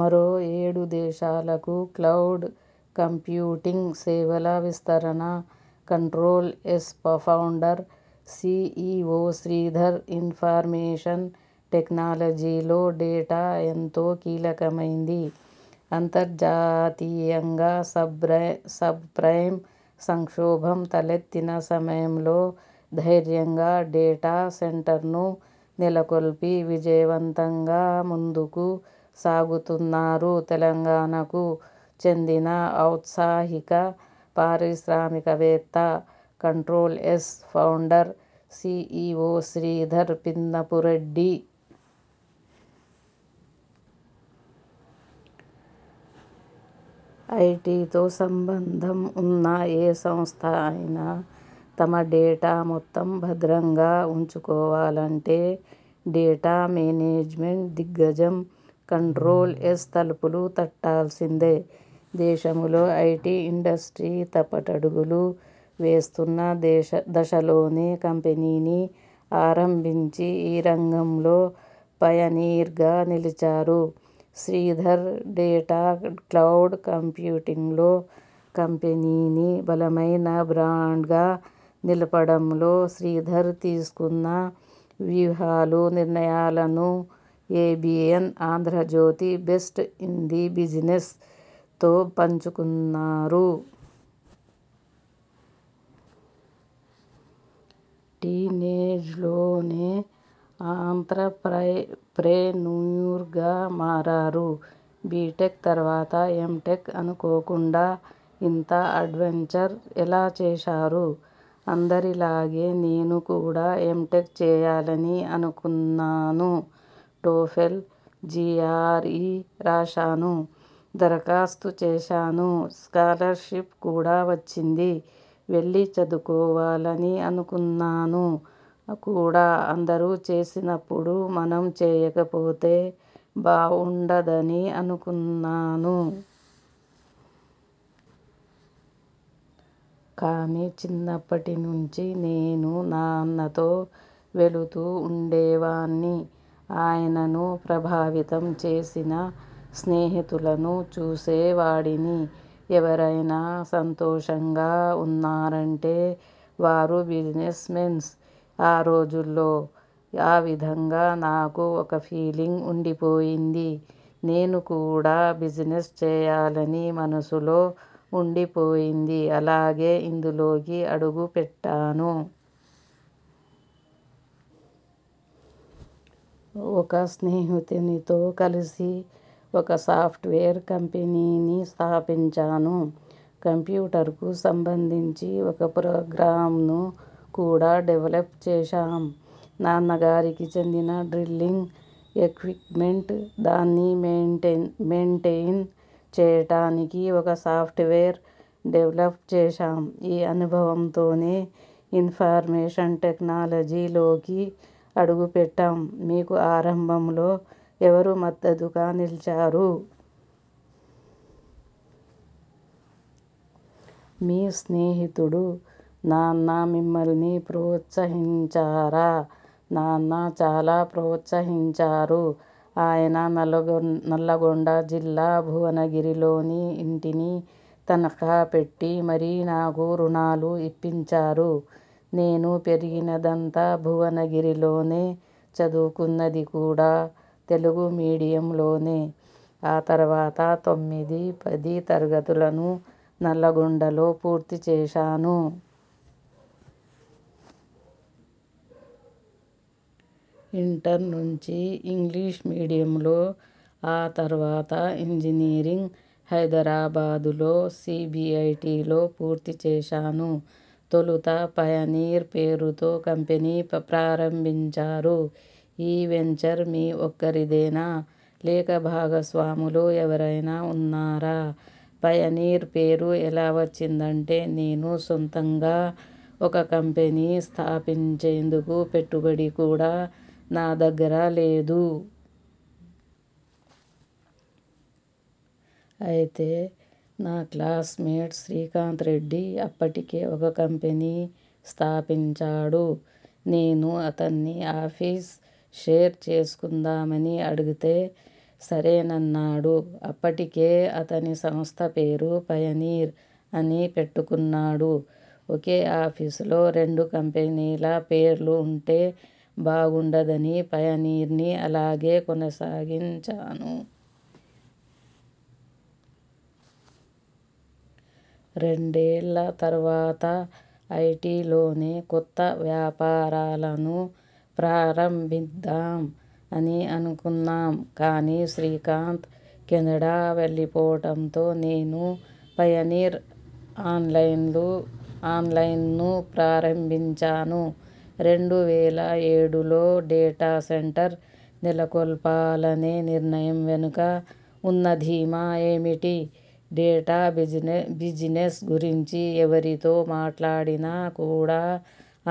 మరో ఏడు దేశాలకు క్లౌడ్ కంప్యూటింగ్ సేవల విస్తరణ Control S founder, CEO Sridhar information టెక్నాలజీలో డేటా ఎంతో కీలకమైంది. అంతర్జాతీయంగా సబ్ప్రైమ్ సంక్షోభం తలెత్తిన సమయంలో ధైర్యంగా డేటా సెంటర్ను నెలకొల్పి విజయవంతంగా ముందుకు సాగుతున్నారు తెలంగాణకు చెందిన ఔత్సాహిక పారిశ్రామికవేత్త, Control S founder, CEO Sridhar Pinnapureddy. ఐటితో సంబంధం ఉన్న ఏ సంస్థ అయినా తమ డేటా మొత్తం భద్రంగా ఉంచుకోవాలంటే డేటా మేనేజ్మెంట్ దిగ్గజం కంట్రోల్ఎస్ తలుపులు తట్టాల్సిందే. దేశంలో ఐటి ఇండస్ట్రీ తప్పటడుగులు వేస్తున్న దశలోనే కంపెనీని ఆరంభించి ఈ రంగంలో పయనీర్గా నిలిచారు శ్రీధర్. డేటా, క్లౌడ్ కంప్యూటింగ్లో కంపెనీని బలమైన బ్రాండ్గా నిలపడంలో శ్రీధర్ తీసుకున్న వ్యూహాలు, నిర్ణయాలను 'ABN Andhrajyothy best in the బిజినెస్'తో పంచుకున్నారు. టీనేజ్లోనే ఆంత్రప్రెన్యూర్గా మారారు. బిటెక్ తర్వాత ఎంటెక్ అనుకోకుండా ఇంత అడ్వెంచర్ ఎలా చేశారు? అందరిలాగే నేను కూడా ఎంటెక్ చేయాలని అనుకున్నాను. టోఫెల్, జిఆర్ఇ రాశాను. దరఖాస్తు చేశాను స్కాలర్షిప్ కూడా వచ్చింది. వెళ్లి చదువుకోవాలని అనుకున్నాను కూడా అందరు చేసినప్పుడు మనం చేయకపోతే బావుండదని అనుకున్నాను. కాని చిన్నప్పటి నుంచి నేను నాన్నతో వెళుతూ ఉండేవాన్ని. ఆయనను ప్రభావితం చేసిన స్నేహితులను చూసేవాడిని. ఎవరైనా సంతోషంగా ఉన్నారంటే వారు బిజినెస్ మెన్స్ ఆ రోజుల్లో. ఆ విధంగా నాకు ఒక ఫీలింగ్ ఉండిపోయింది. నేను కూడా బిజినెస్ చేయాలని మనసులో ఉండిపోయింది. అలాగే ఇందులోకి అడుగుపెట్టాను. ఒక స్నేహితునితో కలిసి ఒక సాఫ్ట్వేర్ కంపెనీని స్థాపించాను. కంప్యూటర్కు సంబంధించి ఒక ప్రొగ్రామ్ను కూడా డెవలప్ చేశాం. నాన్న గారికి చెందిన డ్రిల్లింగ్ ఎక్విప్మెంట్, దాన్ని మెయింటెయిన్ చేయటానికి ఒక సాఫ్ట్వేర్ డెవలప్ చేశాం. ఈ అనుభవంతోనే ఇన్ఫర్మేషన్ టెక్నాలజీ లోకి అడుగుపెట్టాం. మీకు ఆరంభంలో ఎవరు మద్దతుగా నిలిచారు? మీ స్నేహితుడు, నాన్న మిమ్మల్ని ప్రోత్సహించారా? నాన్న చాలా ప్రోత్సహించారు. ఆయన నల్లగొండ జిల్లా భువనగిరిలోని ఇంటిని తనఖా పెట్టి మరీ నాకు రుణాలు ఇప్పించారు. నేను పెరిగినదంతా భువనగిరిలోనే చదువుకున్నది కూడా తెలుగు మీడియంలోనే. ఆ తర్వాత తొమ్మిది, పది తరగతులను నల్లగొండలో పూర్తి చేశాను. ఇంటర్ నుంచి ఇంగ్లీష్ మీడియంలో ఆ తర్వాత ఇంజనీరింగ్ హైదరాబాద్ లో సిబిఐటిలో పూర్తి చేశాను. తొలుత పయనీర్ పేరుతో కంపెనీ ప్రారంభించారు. ఈ వెంచర్ మీ ఒక్కరిదేనా లేక భాగస్వాములు ఎవరైనా ఉన్నారా? పయనీర్ పేరు ఎలా వచ్చిందంటే నేను సొంతంగా ఒక కంపెనీ స్థాపించేందుకు పెట్టుబడి కూడా నా దగ్గర లేదు. అయితే నా క్లాస్మేట్ శ్రీకాంత్ రెడ్డి అప్పటికే ఒక కంపెనీ స్థాపించాడు. నేను అతన్ని ఆఫీస్ షేర్ చేసుకుందామని అడిగితే సరేనన్నాడు. అప్పటికే అతని సంస్థ పేరు పయనీర్ అని పెట్టుకున్నాడు. ఒకే ఆఫీస్ లో రెండు కంపెనీల పేర్లు ఉంటే బాగుండదని పయనీర్ని అలాగే కొనసాగించాను. రెండేళ్ల తర్వాత ఐటిలోనే కొత్త వ్యాపారాలను ప్రారంభిద్దాం అని అనుకున్నాం. కాని శ్రీకాంత్ కెనడా వెళ్లిపోవటంతో నేను పయనీర్ ఆన్లైన్ను ప్రారంభించాను. రెండు వేల ఏడులో డేటా సెంటర్ నెలకొల్పాలనే నిర్ణయం వెనుక ఉన్న ధీమా ఏమిటి? డేటా బిజినెస్ గురించి ఎవరితో మాట్లాడినా కూడా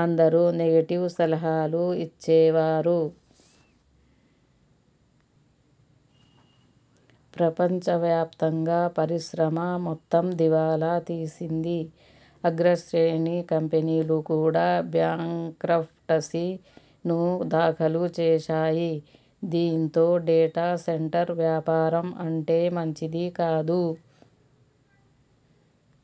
అందరు నెగిటివ్ సలహాలు ఇచ్చేవారు. ప్రపంచవ్యాప్తంగా పరిశ్రమ మొత్తం దివాలా తీసింది. అగ్రశ్రేణి కంపెనీలు కూడా బ్యాంక్రప్టసీ ను దాఖలు చేశాయి. దీంతో డేటా సెంటర్ వ్యాపారం అంటే మంచిది కాదు